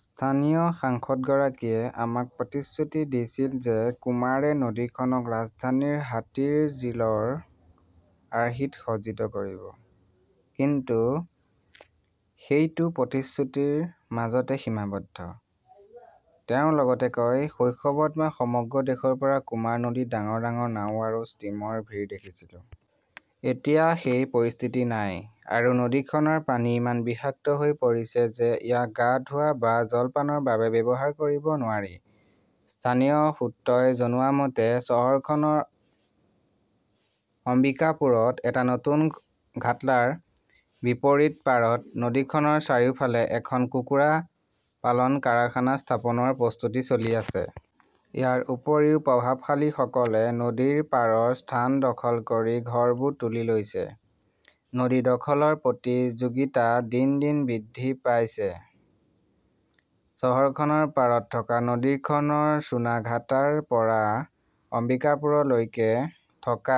"স্থানীয় সাংসদগৰাকীয়ে আমাক প্ৰতিশ্ৰুতি দিছিল যে কুমাৰে নদীখনক ৰাজধানীৰ হাতীৰঝিলৰ আৰ্হিত সজ্জিত কৰিব। কিন্তু সেইটো প্ৰতিশ্ৰুতিৰ মাজতে সীমাবদ্ধ। "তেওঁ লগতে কয়", শৈশৱত, মই সমগ্ৰ দেশৰ পৰা কুমাৰ নদীত ডাঙৰ ডাঙৰ নাও আৰু ষ্টীমৰ ভিৰ দেখিছিলোঁ। এতিয়া সেই পৰিস্থিতি নাই। আৰু নদীখনৰ পানী ইমান বিষাক্ত হৈ পৰিছে যে ইয়াক গা ধোৱা বা জলপানৰ বাবে ব্যৱহাৰ কৰিব নোৱাৰি। "স্থানীয় সূত্ৰই জনোৱা মতে, চহৰখনৰ অম্বিকাপুৰত এটা নতুন ঘাটলাৰ বিপৰীত পাৰত নদীখনৰ চাৰিওফালে এখন কুকুৰা পালন কাৰখানা স্থাপনৰ প্ৰস্তুতি চলি আছে। ইয়াৰ উপৰিও, প্ৰভাৱশালীসকলে নদীৰ পাৰৰ স্থান দখল কৰি ঘৰবোৰ তুলি লৈছে। নদী দখলৰ প্ৰতিযোগিতা দিন দিন বৃদ্ধি পাইছে। চহৰখনৰ পাৰত থকা নদীখনৰ চুনাঘাটাৰ পৰা অম্বিকাপুৰলৈকে থকা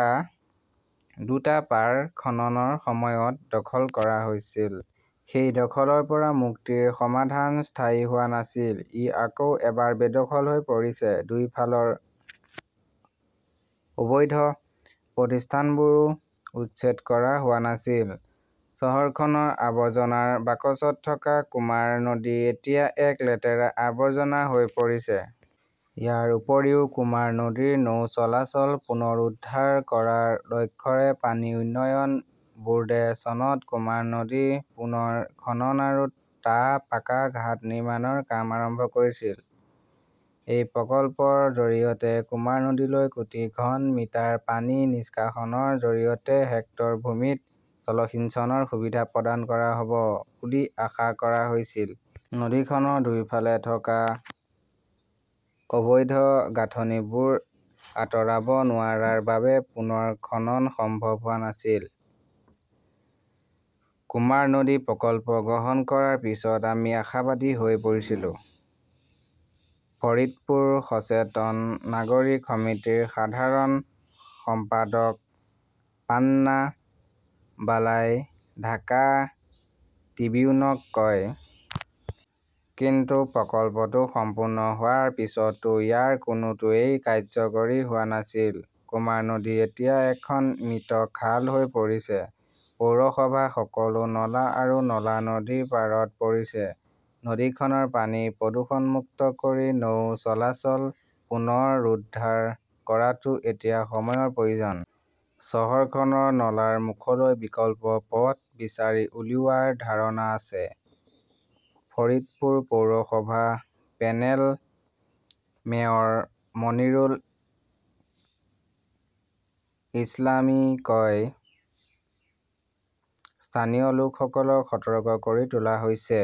দুটা পাৰ খননৰ সময়ত দখল কৰা হৈছিল। সেই দখলৰ পৰা মুক্তিৰ সমাধান স্থায়ী হোৱা নাছিল। ই আকৌ এবাৰ বেদখল হৈ পৰিছে। দুয়োফালৰ অবৈধ প্ৰতিষ্ঠানবোৰো উচ্ছেদ কৰা হোৱা নাছিল। চহৰখনৰ আৱৰ্জনাৰ বাকচত থকা কুমাৰ নদী এতিয়া এক লেতেৰা আৱৰ্জনা হৈ পৰিছে। ইয়াৰ উপৰিও, কুমাৰ নদীৰ নৌ চলাচল পুনৰুদ্ধাৰ কৰাৰ লক্ষ্যৰে পানী উন্নয়ন বোৰ্ডে চনত কুমাৰ নদী পুনৰ খনন আৰু টা পাকা ঘাট নিৰ্মাণৰ কাম আৰম্ভ কৰিছিল। এই প্ৰকল্পৰ জৰিয়তে কুমাৰ নদীলৈ কোটি ঘন মিটাৰ পানী নিষ্কাশনৰ জৰিয়তে হেক্টৰ ভূমিত জলসিঞ্চনৰ সুবিধা প্ৰদান কৰা হ "ব বুলি আশা কৰা হৈছিল। নদীখনৰ দুয়োফালে থকা অবৈধ গাঁথনিবোৰ আঁতৰাব নোৱাৰাৰ বাবে পুনৰ খনন সম্ভৱ হোৱা নাছিল। "কুমাৰ নদী প্ৰকল্প গ্ৰহণ কৰাৰ পিছত আমি আশাবাদী হৈ পৰিছিলো", ফৰিদপুৰ সচেতন নাগৰিক সমিতিৰ সাধাৰণ সম্পাদক পান্না বালাই ঢাকা ট্ৰিবিউনক কয়। কিন্তু প্ৰকল্পটো সম্পূৰ্ণ হোৱাৰ পিছতো ইয়াৰ কোনোটোৱেই কাৰ্যকৰী হোৱা নাছিল। কুমাৰ নদী এতিয়া এখন মৃত খাল হৈ পৰিছে। পৌৰসভাৰ সকলো নলা আৰু নলা নদীৰ পাৰত পৰিছে। নদীখনৰ পানী প্ৰদূষণমুক্ত কৰি নৌ চলাচল পুনৰুদ্ধাৰ কৰাটো এতিয়া সময়ৰ প্ৰয়োজন। "চহৰখনৰ নলাৰ মুখলৈ বিকল্প পথ বিচাৰি উলিওৱাৰ ধাৰণা আছে", ফৰিদপুৰ পৌৰসভাৰ পেনেল মেয়ৰ মনিৰুল ইছলামই কয়। স্থানীয় লোকসকলক সতৰ্ক কৰি তোলা হৈছে।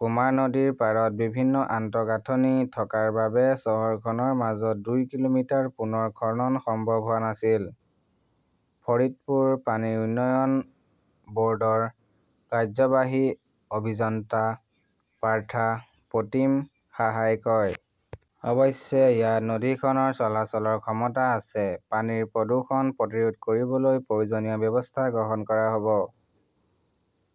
"কুমাৰ নদীৰ পাৰত বিভিন্ন আন্তঃগাঁথনি থকাৰ বাবে চহৰখনৰ মাজৰ দুই কিলোমিটাৰ পুনৰ খনন সম্ভৱ হোৱা নাছিল", ফৰিদপুৰ পানী উন্নয়ন ব "ৰ্ডৰ কাৰ্যবাহী অভিযন্তা পাৰ্থা প্ৰতিম সাহাই কয়। অৱশ্যে, ইয়াত নদীখনৰ চলাচলৰ ক্ষমতা আছে। পানীৰ প্ৰদূষণ প্ৰতিৰোধ কৰিবলৈ প্ৰয়োজনীয় ব্যৱস্থা গ্ৰহণ কৰা হ "ব।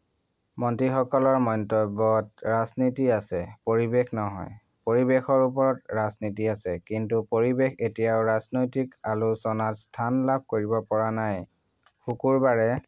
"। "মন্ত্ৰীসকলৰ মন্তব্যত ৰাজনীতি আছে, পৰিৱেশ নহয়! "। পৰিৱেশৰ ওপৰত ৰাজনীতি আছে। কিন্তু পৰিৱেশ এতিয়াও ৰাজনৈতিক আলোচনাত স্থান লাভ কৰিব পৰা নাই। শুকুৰবাৰে